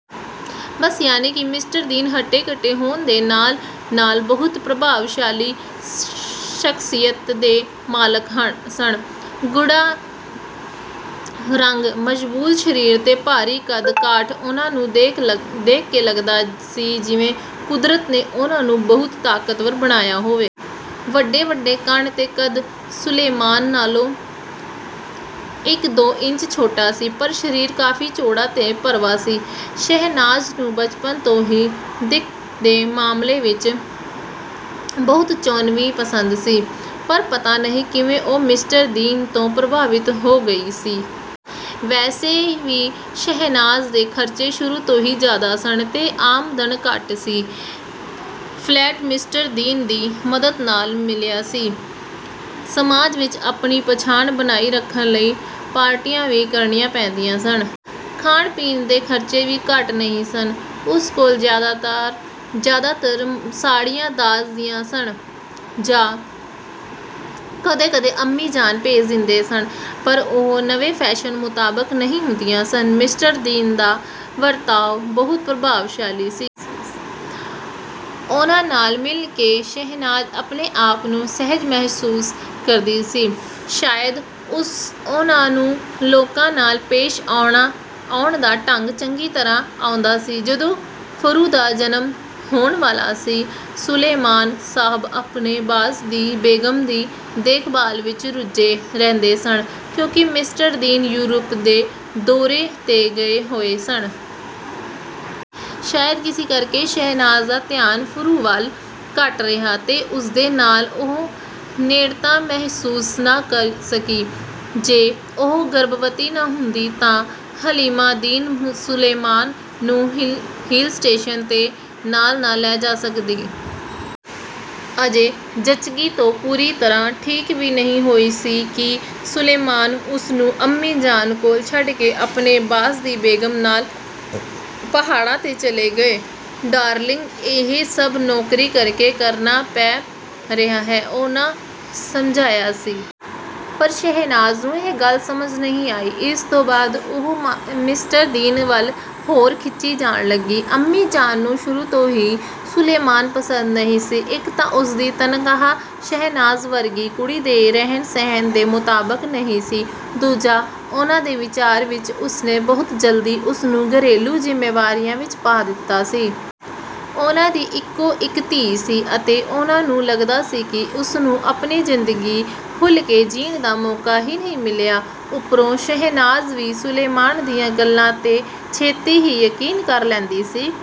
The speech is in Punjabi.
ਬਾਸ, ਯਾਨੀ ਕਿ ਮਿਸਟਰ ਦੀਨ, ਹੱਟੇ-ਕੱਟੇ ਹੋਣ ਦੇ ਨਾਲ-ਨਾਲ ਬਹੁਤ ਪ੍ਰਭਾਵਸ਼ਾਲੀ ਸ਼ਖ਼ਸੀਅਤ ਦੇ ਮਾਲਕ ਸਨ। ਗੂੜ੍ਹਾ ਰੰਗ, ਮਜ਼ਬੂਤ ਸਰੀਰ ਤੇ ਭਾਰੀ ਕੱਦ-ਕਾਠ। ਉਹਨਾਂ ਨੂੰ ਦੇਖ ਕੇ ਲੱਗਦਾ ਸੀ ਜਿਵੇਂ ਕੁਦਰਤ ਨੇ ਉਹਨਾਂ ਨੂੰ ਬਹੁਤ ਤਾਕਤਵਰ ਬਣਾਇਆ ਹੋਵੇ। ਵੱਡੇ-ਵੱਡੇ ਕੰਨ ਤੇ ਕੱਦ ਸੁਲੇਮਾਨ ਨਾਲੋਂ ਇੱਕ-ਦੋ ਇੰਚ ਛੋਟਾ ਸੀ, ਪਰ ਸਰੀਰ ਕਾਫ਼ੀ ਚੌੜਾ ਤੇ ਭਰਵਾਂ ਸੀ। ਸ਼ਹਿਨਾਜ਼ ਨੂੰ ਬਚਪਨ ਤੋਂ ਹੀ ਦਿੱਖ ਦੇ ਮਾਮਲੇ ਵਿੱਚ ਬਹੁਤ ਚੋਣਵੀਂ ਪਸੰਦ ਸੀ, ਪਰ ਪਤਾ ਨਹੀਂ ਕਿਵੇਂ ਉਹ ਮਿਸਟਰ ਦੀਨ ਤੋਂ ਪ੍ਰਭਾਵਿਤ ਹੋ ਗਈ ਸੀ। ਵੈਸੇ ਵੀ ਸ਼ਹਿਨਾਜ਼ ਦੇ ਖਰਚੇ ਸ਼ੁਰੂ ਤੋਂ ਹੀ ਜ਼ਿਆਦਾ ਸਨ ਤੇ ਆਮਦਨ ਘੱਟ ਸੀ। ਫ਼ਲੈਟ ਮਿਸਟਰ ਦੀਨ ਦੀ ਮਦਦ ਨਾਲ ਮਿਲਿਆ ਸੀ। ਸਮਾਜ ਵਿੱਚ ਆਪਣੀ ਪਛਾਣ ਬਣਾਈ ਰੱਖਣ ਲਈ ਪਾਰਟੀਆਂ ਵੀ ਕਰਣੀਆਂ ਪੈਂਦੀਆਂ ਸਨ। ਖਾਣ-ਪੀਣ ਦੇ ਖਰਚੇ ਵੀ ਘੱਟ ਨਹੀਂ ਸਨ। ਉਸ ਕੋਲ ਜ਼ਿਆਦਾਤਰ ਸਾੜੀਆਂ ਦਾਜ਼ ਦੀਆਂ ਸਨ ਜਾਂ ਕਦੇ-ਕਦੇ ਅੰਮੀ ਜਾਨ ਭੇਜ ਦਿੰਦੇ ਸਨ, ਪਰ ਉਹ ਨਵੇਂ ਫੈਸ਼ਨ ਮੁਤਾਬਕ ਨਹੀਂ ਹੁੰਦੀਆਂ ਸਨ। ਮਿਸਟਰ ਦੀਨ ਦਾ ਵਰਤਾਓ ਬਹੁਤ ਪ੍ਰਭਾਵਸ਼ਾਲੀ ਸੀ। ਉਹਨਾਂ ਨਾਲ ਮਿਲ ਕੇ ਸ਼ਹਿਨਾਜ਼ ਆਪਣੇ ਆਪ ਨੂੰ ਸਹਿਜ ਮਹਿਸੂਸ ਕਰਦੀ ਸੀ। ਸ਼ਾਇਦ ਉਹਨਾਂ ਨੂੰ ਲੋਕਾਂ ਨਾਲ ਪੇਸ਼ ਆਉਣ ਦਾ ਢੰਗ ਚੰਗੀ ਤਰ੍ਹਾਂ ਆਉਂਦਾ ਸੀ। ਜਦੋਂ ਫ਼ਰੂ ਦਾ ਜਨਮ ਹੋਣ ਵਾਲਾ ਸੀ, ਸੁਲੇਮਾਨ ਸਾਹਬ ਆਪਣੇ ਬਾਸ ਦੀ ਬੇਗ਼ਮ ਦੀ ਦੇਖਭਾਲ ਵਿੱਚ ਰੁੱਝੇ ਰਹਿੰਦੇ ਸਨ, ਕਿਉਂਕਿ ਮਿਸਟਰ ਦੀਨ ਯੂਰਪ ਦੇ ਦੌਰੇ 'ਤੇ ਗਏ ਹੋਏ ਸਨ। ਸ਼ਾਇਦ ਇਸੇ ਕਰਕੇ ਸ਼ਹਿਨਾਜ਼ ਦਾ ਧਿਆਨ ਫ਼ਰੂ ਵੱਲ ਘੱਟ ਰਿਹਾ ਤੇ ਉਸਦੇ ਨਾਲ ਉਹ ਨੇੜਤਾ ਮਹਿਸੂਸ ਨਾ ਕਰ ਸਕੀ। ਜੇ ਉਹ ਗਰਭਵਤੀ ਨਾ ਹੁੰਦੀ, ਤਾਂ ਹਲੀਮਾ ਦੀਨ ਸੁਲੇਮਾਨ ਨੂੰ ਹਿੱਲ ਸਟੇਸ਼ਨ 'ਤੇ ਨਾਲ ਨਾ ਲੈ ਜਾ ਸਕਦੀ। ਅਜੇ ਜੱਚਗੀ ਤੋਂ ਪੂਰੀ ਤਰ੍ਹਾਂ ਠੀਕ ਵੀ ਨਹੀਂ ਹੋਈ ਸੀ ਕਿ ਸੁਲੇਮਾਨ ਉਸਨੂੰ ਅੰਮੀ ਜਾਨ ਕੋਲ ਛੱਡ ਕੇ ਆਪਣੇ ਬਾਸ ਦੀ ਬੇਗ਼ਮ ਨਾਲ ਪਹਾੜਾਂ 'ਤੇ ਚਲੇ ਗਏ। "ਡਾਰਲਿੰਗ, ਇਹ ਸਭ ਨੌਕਰੀ ਕਰਕੇ ਕਰਨਾ ਪੈ ਰਿਹਾ ਹੈ," ਉਹਨਾਂ ਸਮਝਾਇਆ ਸੀ। ਪਰ ਸ਼ਹਿਨਾਜ਼ ਨੂੰ ਇਹ ਗੱਲ ਸਮਝ ਨਹੀਂ ਆਈ। ਇਸ ਤੋਂ ਬਾਅਦ ਉਹ ਮਿਸਟਰ ਦੀਨ ਵੱਲ ਹੋਰ ਖਿੱਚੀ ਜਾਣ ਲੱਗੀ। ਅੰਮੀ ਜਾਨ ਨੂੰ ਸ਼ੁਰੂ ਤੋਂ ਹੀ ਸੁਲੇਮਾਨ ਪਸੰਦ ਨਹੀਂ ਸੀ। ਇੱਕ ਤਾਂ ਉਸਦੀ ਤਨਖ਼ਾਹ ਸ਼ਹਿਨਾਜ਼ ਵਰਗੀ ਕੁੜੀ ਦੇ ਰਹਿਣ-ਸਹਿਣ ਦੇ ਮੁਤਾਬਕ ਨਹੀਂ ਸੀ, ਦੂਜਾ ਉਹਨਾਂ ਦੇ ਵਿਚਾਰ ਵਿੱਚ ਉਸਨੇ ਬਹੁਤ ਜਲਦੀ ਉਸਨੂੰ ਘਰੇਲੂ ਜ਼ਿੰਮੇਵਾਰੀਆਂ ਵਿੱਚ ਪਾ ਦਿੱਤਾ ਸੀ। ਉਹਨਾਂ ਦੀ ਇਕੋ-ਇੱਕ ਧੀ ਸੀ ਅਤੇ ਉਹਨਾਂ ਨੂੰ ਲੱਗਦਾ ਸੀ ਕਿ ਉਸਨੂੰ ਆਪਣੀ ਜ਼ਿੰਦਗੀ ਖੁੱਲ੍ਹ ਕੇ ਜੀਣ ਦਾ ਮੌਕਾ ਹੀ ਨਹੀਂ ਮਿਲਿਆ। ਉੱਪਰੋਂ ਸ਼ਹਿਨਾਜ਼ ਵੀ ਸੁਲੇਮਾਨ ਦੀਆਂ ਗੱਲਾਂ 'ਤੇ ਛੇਤੀ ਹੀ ਯਕੀਨ ਕਰ ਲੈਂਦੀ ਸੀ।